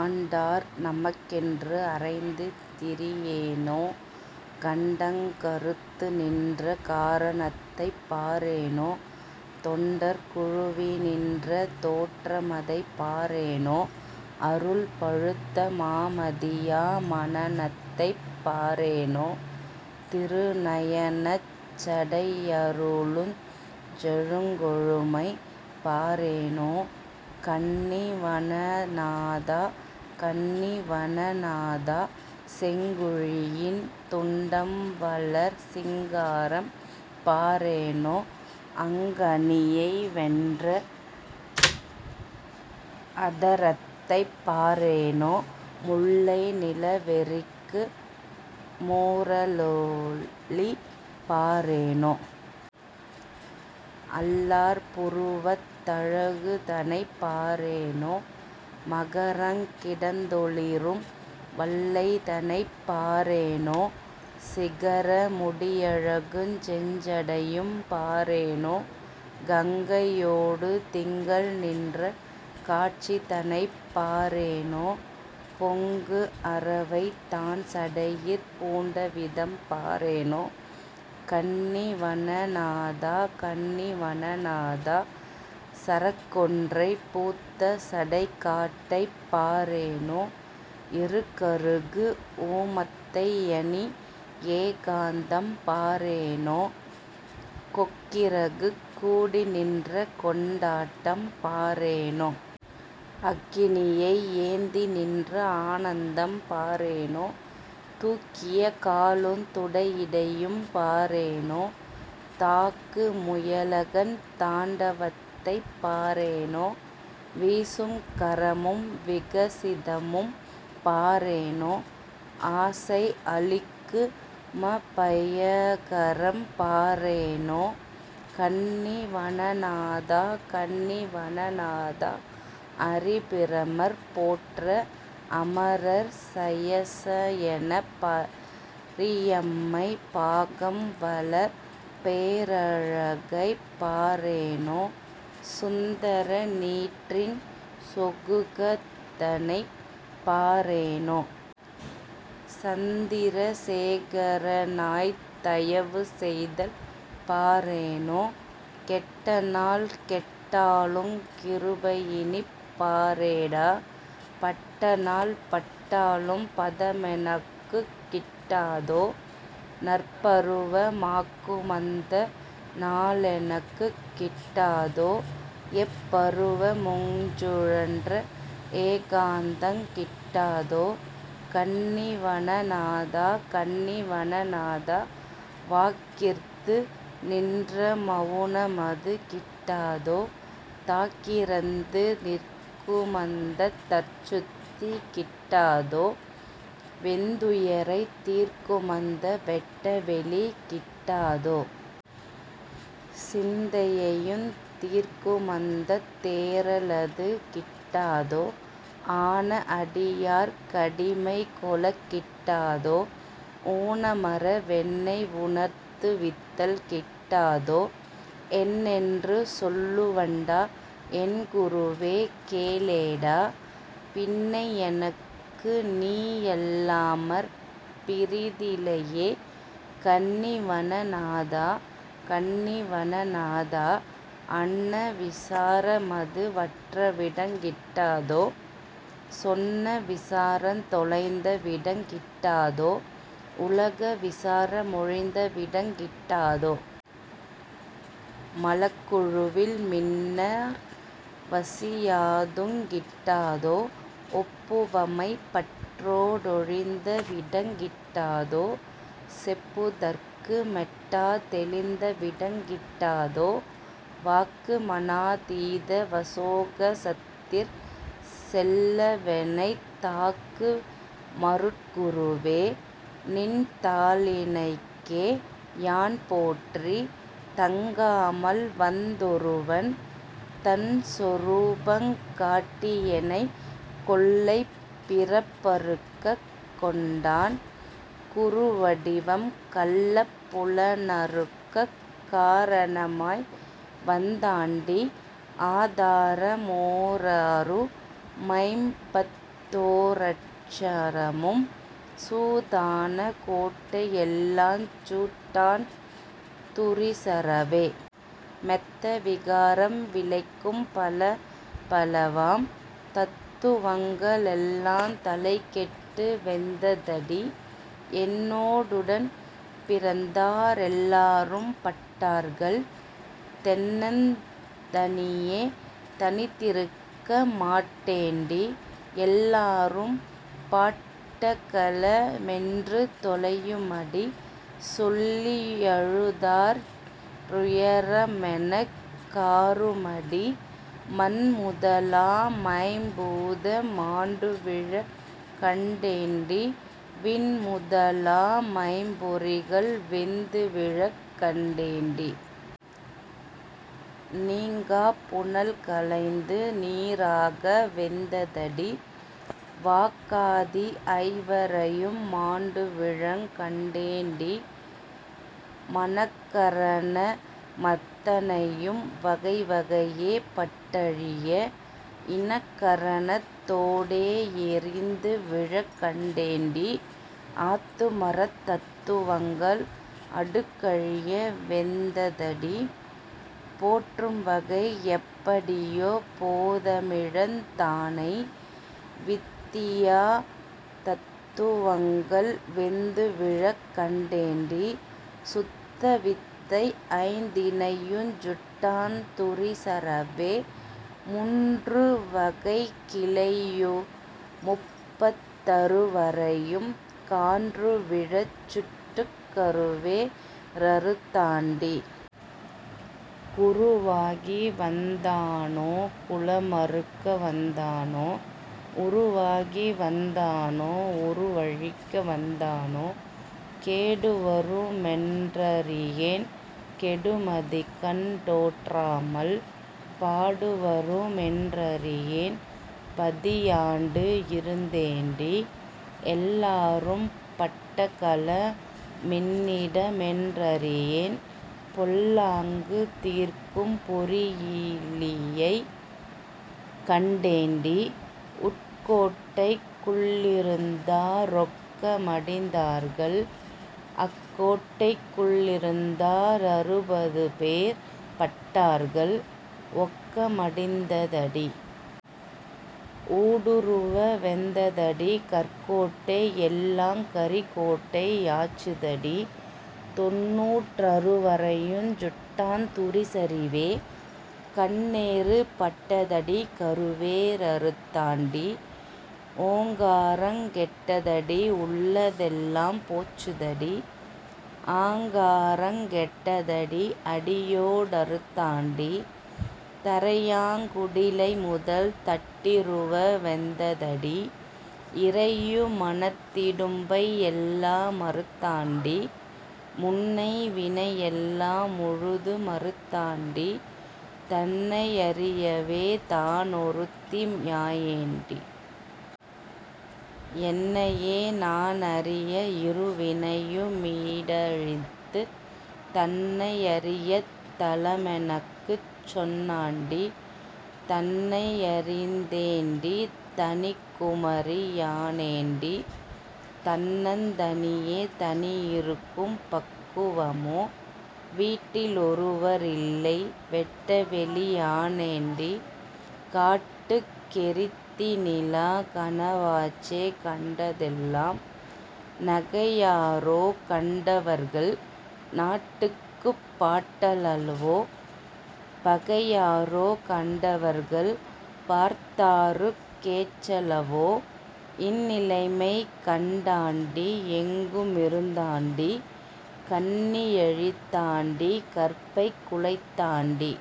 ஆண்டார் நமக்கென்று அறைந்து திரியேனோ! கண்டங் கறுத்துநின்ற காரணத்தைப் பாரேனோ! தொண்டர் குழுவினின்ற தோற்றமதைப் பாரேனோ! அருள்பழுத்த மாமதியா மானனத்தைப் பாரேனோ! திருநயனச் சடையளிருஞ் செழுங்கொழுமை பாரேனோ! கன்னி வனநாதா! கன்னி வனநாதா! செங்குழியின் துண்டம்வளர் சிங்காரம் பாரேனோ? அங்கனியை வென்ற அதரத்தைப் பாரேனோ! முல்லை நிலவெறிக்கு மூரலொளி பாரேனோ! அல்லார் புருவத் தழகுதனைப் பாரேனோ! மகரங் கிடந்தொளிரும் வள்ளைதனைப் பாரேனோ! சிகர முடியழகுஞ் செஞ்சடையும் பாரேனோ! கங்கையோடு திங்கள் நின்றகாட்சிதனைப் பாரேனோ! பொங்கு அரவைத்தான்சடையிற் பூண்டவிதம் பாரேனோ கன்னி வனநாதா! கன்னி வனநாதா! சரக்கொன்றை பூத்த சடைக்காட்டைப் பாரேனோ; எருக்கறுகு ஊமத்தையணி யேகாந்தம் பாரேனோ! கொக்கிறகுக் கூடிநின்ற கொண்டாட்டம் பாரேனோ! அக்கினியை யேந்திநின்ற ஆனந்தம் பாரேனோ! தூக்கிய காலுந் துடியிடையும் பாரேனோ! தாக்கு முயலகன் தாண்டவத்தைப் பாரேனோ! வீசும் கரமும் விகசிதமும் பாரேனோ! ஆசை அளிக்கு மபயகரம் பாரேனோ! கன்னி வனநாதா! கன்னி வனநாதா! அரிபிரமர் போற்ற அமரர் சயசயெனப் பெரியம்மை பாகம்வளர் பேரழகைப் பாரேனோ! சுந்தர நீற்றின் சொகுகதனைப் பாரேனோ! சந்திர சேகரனாய்த் தயவுசெய்தல் பாரேனோ! கெட்டநாள் கெட்டாலுங் கிருபையினிப் பாரேடா! பட்டநாள் பட்டாலும் பதமெனக்குக் கிட்டாதோ? நற்பருவ மாக்குமந்த நாளெனக்குக் கிட்டாதோ? எப்பருவ முங்சுழன்ற ஏகாந்தங் கிட்டாதோ? கன்னி வனநாதா! கன்னி வனநாதா! வாக்கிற்து நின்ற மவுனமது கிட்டாதோ? தாக்கிறந்து நிற்குமந்தத் தற்சுத்தி கிட்டாதோ? வெந்துயரைத் தீர்க்குமந்த வெட்டவெளி கிட்டாதோ? சிந்தையையுந் தீர்க்குமந்தத் தேறலது கிட்டாதோ? ஆன அடியார்க் கடிமைகொளக் கிட்டாதோ? ஊனமற வென்னை வுணர்த்துவித்தல் கிட்டாதோ? என்னென்று சொல்லுவண்டா? என்குருவே? கேளேடா! பின்னை எனக்குநீ யல்லாமற் பிறிதிலையே. கன்னி வனநாதா! கன்னி வனநாதா! அன்ன விசாரமது வற்றவிடங் கிட்டாதோ? சொன்ன விசாரந் தொலைந்தவிடங் கிட்டாதோ? உலக விசார மொழிந்தவிடங் கிட்டாதோ? மலக்குழுவின் மின்னார் வசியாதுங் கிட்டாதோ? ஒப்புவமை பற்றோ டொழிந்தவிடங் கிட்டாதோ? செப்புதற்கு மெட்டா தெளிந்தவிடங் கிட்டாதோ? வாக்கு மனாதீத வசோகசத்திற் செல்லவெனைத் தாக்கு மருட்குருவே, நின்தாளிணைக்கே யான்போற்றி. தங்காமல் வந்தொருவன் தன்சொரூபங் காட்டியெனை. கொள்ளைப் பிறப்பறுக்கக் கொண்டான் குருவடிவம் கள்ளப் புலனறுக்கக் காரணமாய் வந்தாண்டி ஆதார மோராறு மைம்பத்தோ ரட்சரமும் சூதான கோட்டையெல்லாஞ் சுட்டான் துரிசறவே. மெத்த விகாரம் விளைக்கும் பலபலவாம் தத்துவங்க ளெல்லாந் தலைகெட்டு வெந்ததடி. என்னோ டுடன்பிறந்தா ரெல்லாரும் பட்டார்கள்; தன்னந் தனியே தனித்திருக்க மாட்டேண்டி. எல்லாரும் பட்டகள மென்று தொலையுமடி சொல்லி யழுதாற் றுயரமனெக் காறுமடி. மண்முதலா மைம்பூத மாண்டுவிழக் கண்டேண்டி! விண்முதலா மைம்பொறிகள் வெந்து விழக் கண்டேண்டி. நீங்காப் புனல்களைந்து நீறாக வெந்ததடி வாக்காதி ஐவரையும் மாண்டுவிழங் கண்டேண்டி. மனக்கரண மத்தனையும் வகைவகையே பட்டழிய இனக்கரணத் தோடே யெரிந்துவிழக் கண்டேண்டி. ஆத்துமத் தத்துவங்கள் அடுக்கழிய வெந்ததடி! போற்றும்வகை யெப்படியோ போதமிழந் தானை. வித்தியா தத்துவங்கள் வெந்துவிழக் கண்டேண்டி! சுத்தவித்தை ஐந்தினையுஞ் சுட்டான் துரிசறவே. முன்று வகைக்கிளையு முப்பத் தறுவரையும் கான்றுவிழச் சுட்டுக் கருவே ரறுத்தாண்டி. குருவாகி வந்தானோ? குலமறுக்க வந்தானோ? உருவாகி வந்தானோ? உருவழிக்க வந்தானோ? கேடுவரு மென்றறியேன், கெடுமதிகண் டோற்றாமல் பாடுவரு மென்றறியேன், பதியாண்டு இருந்தேண்டி. எல்லாரும் பட்டகள மின்னிட மென்றறியேன்; பொல்லாங்கு தீர்க்கும் பொறியிலியைக் கண்டேண்டி. உட்கோட்டைக் குள்ளிருந்தா ரொக்க மடிந்தார்கள், அக்கோட்டைக் குள்ளிருந்தா ரறுபதுபேர் பட்டார்கள். ஒக்க மடிந்ததடி! ஊடுருவ வெந்ததடி! கற்கோட்டை யெல்லாங் கரிக்கோட்டை யாச்சுதடி. தொண்ணூற் றறுவரையுஞ் சுட்டான் துரிசறிவே கண்ணேறு பட்டதடி கருவே ரறுத்தாண்டி. ஓங்காரங் கெட்டதடி, உள்ளதெல்லாம் போச்சுதடி ஆங்காரங் கெட்டதடி, அடியோ டறுத்தாண்டி. தரையாங் குடிலைமுதல் தட்டிருவ வெந்ததடி! இரையு மனத்திடும்பை யெல்லா மறுத்தாண்டி. முன்னை வினையெல்லா முழுது மறுத்தாண்டி தன்னை யறியவே தானொருத்தி யானேண்டி. என்னையே நானறிய இருவினையு மீடழித்துத் தன்னை யறியத் தலமெனக்குச் சொன்னாண்டி. தன்னை யறிந்தேண்டி! தனிக்குமரி யானேண்டி! தன்னந் தனியே தனியிருக்கும் பக்குவமோ. வீட்டி லொருவரில்லை வெட்டவெளி யானேண்டி! காட்டுக் கெறித்திநிலா கனவாச்சே கண்டதெல்லாம். நகையாரோ கண்டவர்கள்? நாட்டுக்குப் பாட்டலவோ? பகையாரோ கண்டவர்கள்? பார்த்தாருக் கேச்சலவோ? இந்நிலமை கண்டாண்டி, எங்கு மிருந்தாண்டி! கன்னி யழித்தாண்டி, கற்பைக் குலைத்தாண்டி.।